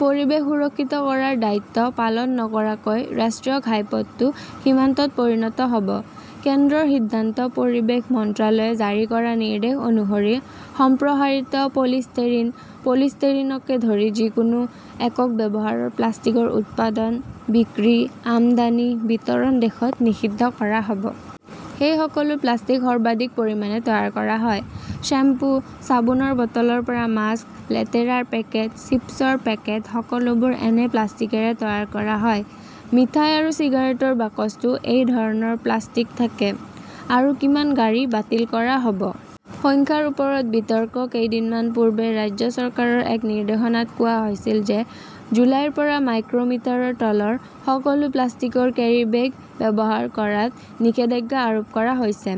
পৰিৱেশ সুৰক্ষিত কৰাৰ দায়িত্ব পালন নকৰাকৈ ৰাষ্ট্ৰীয় ঘাইপথটো সীমান্তত পৰিণত হ "ব, কেন্দ্ৰৰ সিদ্ধান্ত পৰিৱেশ মন্ত্ৰালয়ে জাৰি কৰা নিৰ্দেশনা অনুসৰি, সম্প্ৰসাৰিত পলিষ্টেৰিন, পলিষ্টেৰিনকে ধৰি যিকোনো একক ব্যৱহাৰৰ প্লাষ্টিকৰ উৎপাদন, বিক্ৰী, আমদানি, বিতৰণ দেশত নিষিদ্ধ কৰা হ 'ব। সেই সকলো প্লাষ্টিক সৰ্বাধিক পৰিমাণে তৈয়াৰ কৰা হয়। শ্বেম্পু, চাবোনৰ বটলৰ পৰা মাস্ক, লেতেৰাৰ পেকেট, চিপছৰ পেকেট-সকলোবোৰ এনে প্লাষ্টিকৰে তৈয়াৰ কৰা হয়। মিঠাই আৰু চিগাৰেটৰ বাকচতো এই ধৰণৰ প্লাষ্টিক থাকে। আৰু কিমান গাড়ী বাতিল কৰা হ "ব? সংখ্যাৰ ওপৰত বিতৰ্ক কেইদিনমান পূৰ্বে ৰাজ্য চৰকাৰৰ এক নিৰ্দেশনাত কোৱা হৈছিল যে জুলাইৰ পৰা মাইক্ৰ "মিটাৰৰ তলৰ সকলো প্লাষ্টিকৰ কেৰিব্যাগ ব্যৱহাৰ কৰাত নিষেধাজ্ঞা আৰোপ কৰা হৈছে।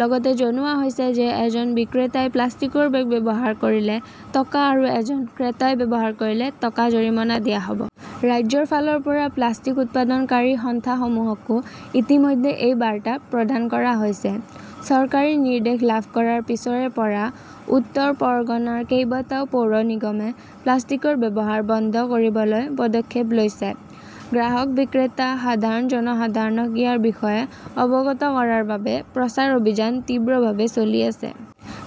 লগতে জনোৱা হৈছে যে এজন বিক্ৰেতাই প্লাষ্টিকৰ বেগ ব্যৱহাৰ কৰিলে টকা আৰু এজন ক্ৰেতাই ব্যৱহাৰ কৰিলে টকা জৰিমনা দিয়া হ 'ব। ৰাজ্যৰ ফালৰ পৰা প্লাষ্টিক উৎপাদনকাৰী সংস্থাসমূহকো ইতিমধ্যে এই বাৰ্তা প্ৰদান কৰা হৈছে। চৰকাৰী নিৰ্দেশ লাভ কৰাৰ পিছৰে পৰা উত্তৰ পৰগনাৰ কেইবাটাও পৌৰ নিগমে প্লাষ্টিকৰ ব্যৱহাৰ বন্ধ কৰিবলৈ পদক্ষেপ লৈছে। গ্ৰাহক-বিক্ৰেতা, সাধাৰণ জনসাধাৰণক ইয়াৰ বিষয়ে অৱগত কৰাৰ বাবে প্ৰচাৰ অভিযান তীব্ৰভাৱে চলি আছে।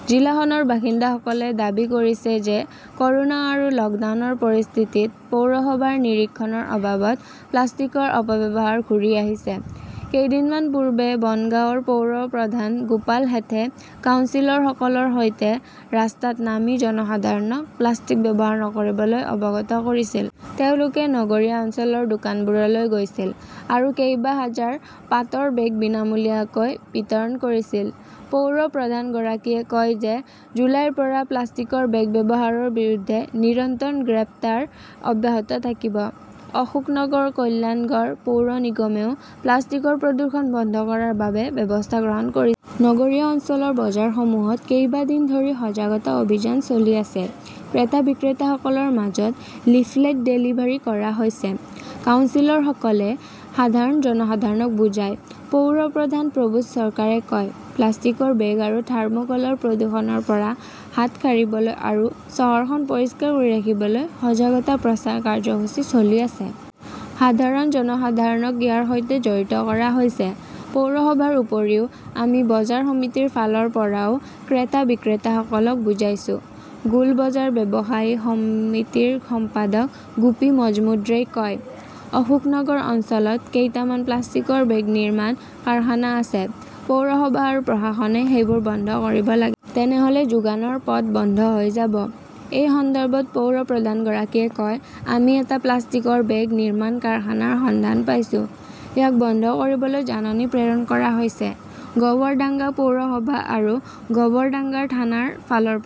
জিলাখনৰ বাসিন্দাসকলে দাবী কৰিছে যে ক "ৰোনা আৰু লকডাউনৰ পৰিস্থিতিত পৌৰসভাৰ নিৰীক্ষণৰ অভাৱত প্লাষ্টিকৰ অপব্যৱহাৰ ঘূৰি আহিছে। কেইদিনমান পূৰ্বে বনগাঁৱৰ পৌৰ প্ৰধান গোপাল শেঠে কাউন্সিলৰসকলৰ সৈতে ৰাস্তাত নামি জনসাধাৰণক প্লাষ্টিক ব্যৱহাৰ নকৰিবলৈ অৱগত কৰিছিল। তেওঁলোকে নগৰীয়া অঞ্চলৰ দোকানবোৰলৈ গৈছিল আৰু কেইবা হাজাৰ পাটৰ বেগ বিনামূলীয়াকৈ বিতৰণ কৰিছিল। পৌৰ প্ৰধানগৰাকীয়ে কয় যে জুলাইৰ পৰা প্লাষ্টিকৰ বেগ ব্যৱহাৰৰ বিৰুদ্ধে নিৰন্তৰ গ্ৰেপ্তাৰ অব্যাহত থাকিব। অশোকনগৰ-কল্যাণগড় পৌৰ নিগমেও প্লাষ্টিকৰ প্ৰদূষণ বন্ধ কৰাৰ বাবে ব্যৱস্থা গ্ৰহণ কৰিছে। নগৰীয়া অঞ্চলৰ বজাৰসমূহত কেইবা দিন ধৰি সজাগতা অভিযান চলি আছে। ক্ৰেতা-বিক্ৰেতাসকলৰ মাজত লিফলেট ডেলিভাৰী কৰা হৈছে। কাউন্সিলৰসকলে সাধাৰণ জনসাধাৰণক বুজায়। পৌৰ প্ৰধান প্ৰবোধ চৰকাৰে কয়, "প্লাষ্টিকৰ বেগ আৰু থাৰ্মোকলৰ প্ৰদূষণৰ পৰা হাত সাৰিবলৈ আৰু চহৰখন পৰিষ্কাৰ ৰাখিবলৈ সজাগতা প্ৰচাৰ কাৰ্যসূচী চলি আছে। সাধাৰণ জনসাধাৰণক ইয়াৰ সৈতে জড়িত কৰা হৈছে। "পৌৰসভাৰ উপৰিও, আমি বজাৰ সমিতিৰ ফালৰ পৰাও ক্ৰেতা-বিক্ৰেতাসকলক বুজাইছো", গোল বজাৰ ব্যৱসায়ী সমিতিৰ সম্পাদক গুপি মজমুদ্ৰে কয়। অশোকনগৰ অঞ্চলত কেইটামান প্লাষ্টিকৰ বেগ নিৰ্মাণ কাৰখানা আছে। পৌৰসভা আৰু প্ৰশাসনে সেইবোৰ বন্ধ কৰিব লাগে। তেনেহ "লে যোগানৰ পথ বন্ধ হৈ যাব। "এই সন্দৰ্ভত পৌৰ প্ৰধানগৰাকীয়ে কয়", আমি এটা প্লাষ্টিকৰ বেগ নিৰ্মাণ কাৰখানাৰ সন্ধান পাইছো। ইয়াক বন্ধ কৰিবলৈ জাননী প্ৰেৰণ কৰা হৈছে। "গৱৰডাংগা পৌৰসভা আৰু গৱৰডাংগাৰ থানাৰ ফালৰ পৰা